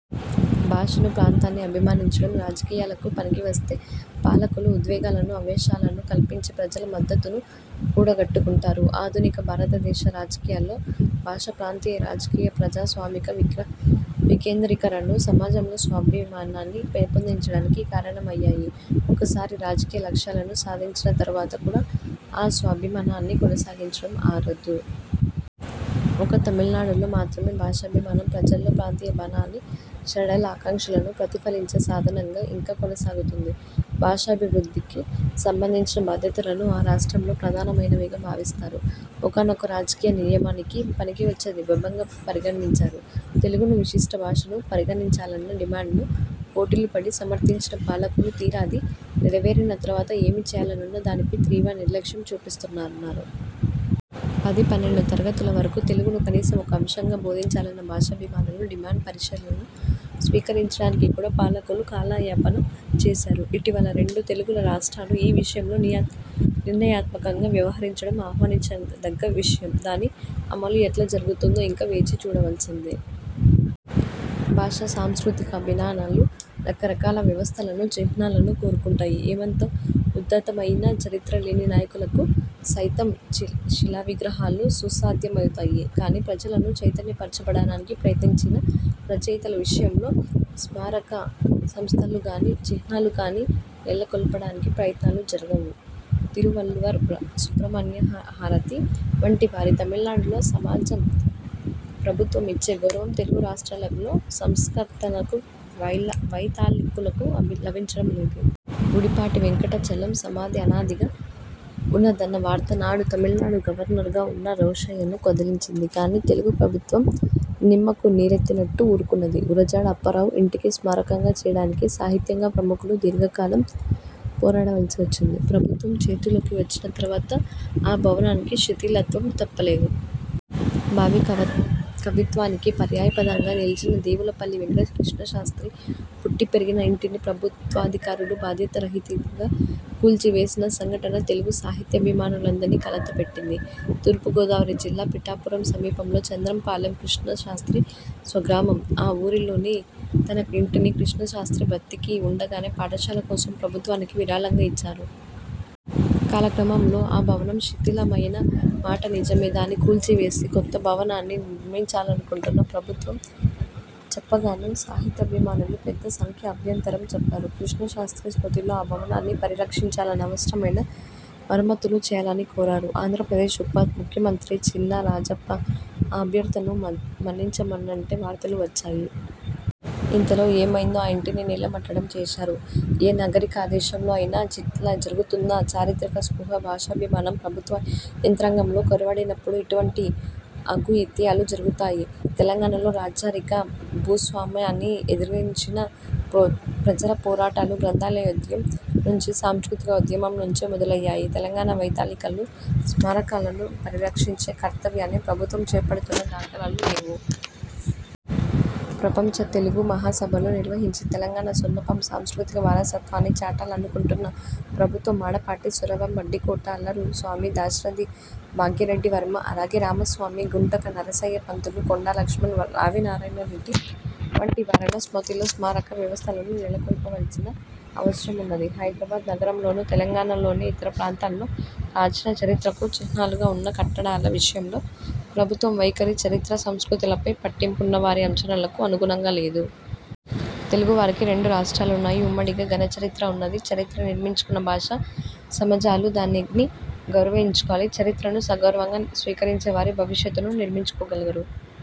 భాషను, ప్రాంతాన్ని అభిమానించడం రాజకీయాలకు పనికివస్తే పాలకులు, ఉద్వేగాలను, ఆవేశాలను కల్పించి ప్రజల మద్దతును కూడగట్టుకుంటారు. ఆధునిక భారతదేశ రాజకీయాలలో భాషాప్రాంతీయ రాజకీయాలు ప్రజాస్వామిక వికేంద్రీకరణకు, సమాజంలో స్వాభిమానాన్ని పెంపొందించడానికి కారణమయ్యాయి. ఒకసారి రాజకీయ లక్ష్యాలను సాధించిన తరువాత కూడా ఆ స్వాభిమానాన్ని కొనసాగించడం అరుదు. ఒక్క తమిళనాడులో మాత్రమే భాషాభిమానం ప్రజలలో ప్రాంతీయాభిమానాన్ని, ఫెడరల్ ఆకాంక్షలను ప్రతిఫలించే సాధనంగా ఇంకా కొనసాగుతున్నది. భాషాభివృద్ధికి సంబంధించిన బాధ్యతలను ఆ రాష్ట్రంలో ప్రధానమైనవిగా భావిస్తారు. ఒకానొక రాజకీయ నియామకానికి పనికివచ్చే విభాగంగా పరిగణించరు. తెలుగును విశిష్ట భాషగా పరిగణించాలన్న డిమాండ్ను పోటీలుపడి సమర్థించిన పాలకులు, తీరా అది నెరవేరిన తరువాత ఏమి చేయాలన్న దానిపై తీవ్రనిర్లక్ష్యం చూపిస్తున్నార్. పది, పన్నెండు తరగతుల వరకు తెలుగును కనీసం ఒక అంశంగా బోధించాలన్న భాషాభిమానుల డిమాండ్ను పరిశీలనకు స్వీకరించడానికి కూడా పాలకులు కాలయాపన చేశారు. ఇటీవల రెండు తెలుగు రాష్ట్రాలు ఈ విషయంలో నిర్ణయాత్మకంగా వ్యవహరించడం ఆహ్వానించదగ్గ విషయం. దాని అమలు ఎట్లా జరుగుతుందో ఇంకా వేచి చూడవలసిందే. భాషా సాంస్కృతికాభిమానాలు రకరకాల వ్యవస్థలను, చిహ్నాలను కోరుకుంటాయి. ఏమంత ఉదాత్తమయిన చరిత్రలేని నాయకులకు సైతం శిలావిగ్రహాలు సుసాధ్యమవుతాయి కానీ, ప్రజలను చైతన్యపరచడానికి ప్రయత్నించిన రచయితల విషయంలో స్మారక సంస్థలను కానీ, చిహ్నాలను కానీ నెలకొల్పడానికి ప్రయత్నాలు జరగవు. తిరువళ్లువర్, సుబ్రహ్మణ్యభారతి వంటి వారికి తమిళనాడులో సమాజం, ప్రభుత్వం ఇచ్చే గౌరవం తెలుగు రాష్ట్రాలలో సంస్కర్తలకు, వై వైతాళికులకు లభించడం లేదు. గుడిపాటి వెంకటచలం సమాధి అనాథగా ఉన్నదన్న వార్త, నాడు తమిళనాడు గవర్నర్గా ఉన్న రోశయ్యను కదిలించింది కానీ, తెలుగు ప్రభుత్వం నిమ్మకు నీరెత్తినట్టు ఊరుకున్నది. గురజాడ అప్పారావు ఇంటిని స్మారకంగా చేయడానికి సాహిత్యరంగ ప్రముఖులు దీర్ఘకాలం పోరాడవలసి వచ్చింది. ప్రభుత్వం చేతిలోకి వచ్చిన తరువాత కూడా ఆ భవనానికి శిథిలత్వం తప్పలేదు. భావకవిత్వానికి పర్యాయపదంగా నిలిచిన దేవులపల్లి వేంకట కృష్ణశాస్త్రి పుట్టిపెరిగిన ఇంటిని ప్రభుత్వాధికారులు బాధ్యతారహితంగా కూల్చివేసిన సంఘటన తెలుగు సాహిత్యాభిమానులందరినీ కలతపెట్టింది. తూర్పుగోదావరి జిల్లా పిఠాపురం సమీపంలోని చంద్రంపాలెం కృష్ణశాస్త్రి స్వగ్రామం. ఆ ఊర్లోని తన ఇంటిని కృష్ణశాస్త్రి బతికి ఉండగానే పాఠశాల కోసం ప్రభుత్వానికి విరాళంగా ఇచ్చారు. కాలక్రమంలో ఆ భవనం శిథిలమయిన మాట నిజమే. దాన్ని కూల్చివేసి, కొత్త భవనాన్ని నిర్మించాలనుకుంటున్నట్టు ప్రభుత్వం చెప్పగానే, సాహిత్యాభిమానులు పెద్దసంఖ్యలో అభ్యంతరం చెప్పారు. కృష్ణశాస్త్రి స్మృతిలో ఆ భవనాన్ని పరిరక్షించాలని, అవసరమైన మరమ్మత్తులు చేయాలని కోరారు. ఆంధ్రప్రదేశ్ ఉపముఖ్యమంత్రి చినరాజప్ప ఆ అభ్యర్థనను మన్నించినట్టే వార్తలు వచ్చాయి. ఇంతలో ఏమయిందో, ఆ ఇంటిని నేలమట్టం చేశారు. ఏ నాగరికదేశంలో అయినా ఇట్లా జరుగుతుందా? చారిత్రక స్పృహ, భాషాభిమానం ప్రభుత్వయంత్రాంగంలో కొరవడినప్పుడే ఇటువంటి అఘాయిత్యాలు జరుగుతాయి. తెలంగాణలో రాచరిక భూస్వామ్యాన్ని ఎదిరించిన ప్రజాపోరాటాలు గ్రంథాలయోద్యమం నుంచి, సాంస్కృతికోద్యమం నుంచే మొదలయ్యాయి. తెలంగాణ వైతాళికుల స్మారకాలను పరిరక్షించే కర్తవ్యాన్ని ప్రభుత్వం చేపడుతున్న దాఖలాలు లేవు. ప్రపంచ తెలుగు మహాసభలు నిర్వహించి, తెలంగాణ సుసంపన్న సాంస్కృతిక వారసత్వాన్ని చాటాలనుకుంటున్న ప్రభుత్వం మాడపాటి, సురవరం, వట్టికోట ఆళ్వారుస్వామి, దాశరథి, భాగ్యరెడ్డివర్మ, అరిగే రామస్వామి, గుంటక నరసయ్య పంతులు, కొండాలక్ష్మణ్, రావినారాయణరెడ్డి వంటి వారల స్మృతిలో స్మారక వ్యవస్థలను నెలకొల్పవలసిన అవసరం ఉన్నది. హైదరాబాద్ నగరంలోను, తెలంగాణలోని ఇతర ప్రాంతాలలో ప్రాచీన చరిత్రకు చిహ్నాలుగా ఉన్న కట్టడాల విషయంలో ప్రభుత్వం వైఖరి, చరిత్ర, సంస్కృతిలపై పట్టింపు ఉన్నవారి ఆంచనాలకు అనుగుణంగా లేదు. తెలుగువారికి రెండు రాష్ట్రాలున్నాయి. ఉమ్మడిగా ఘనచరిత్ర ఉన్నది. చరిత్ర నిర్మించుకున్న భాషాసమాజాలు దానిని గౌరవించుకోవాలి. చరిత్రను సగౌరవంగా స్వీకరించేవారే భవిష్యత్తునూ నిర్మించుకోగలరు.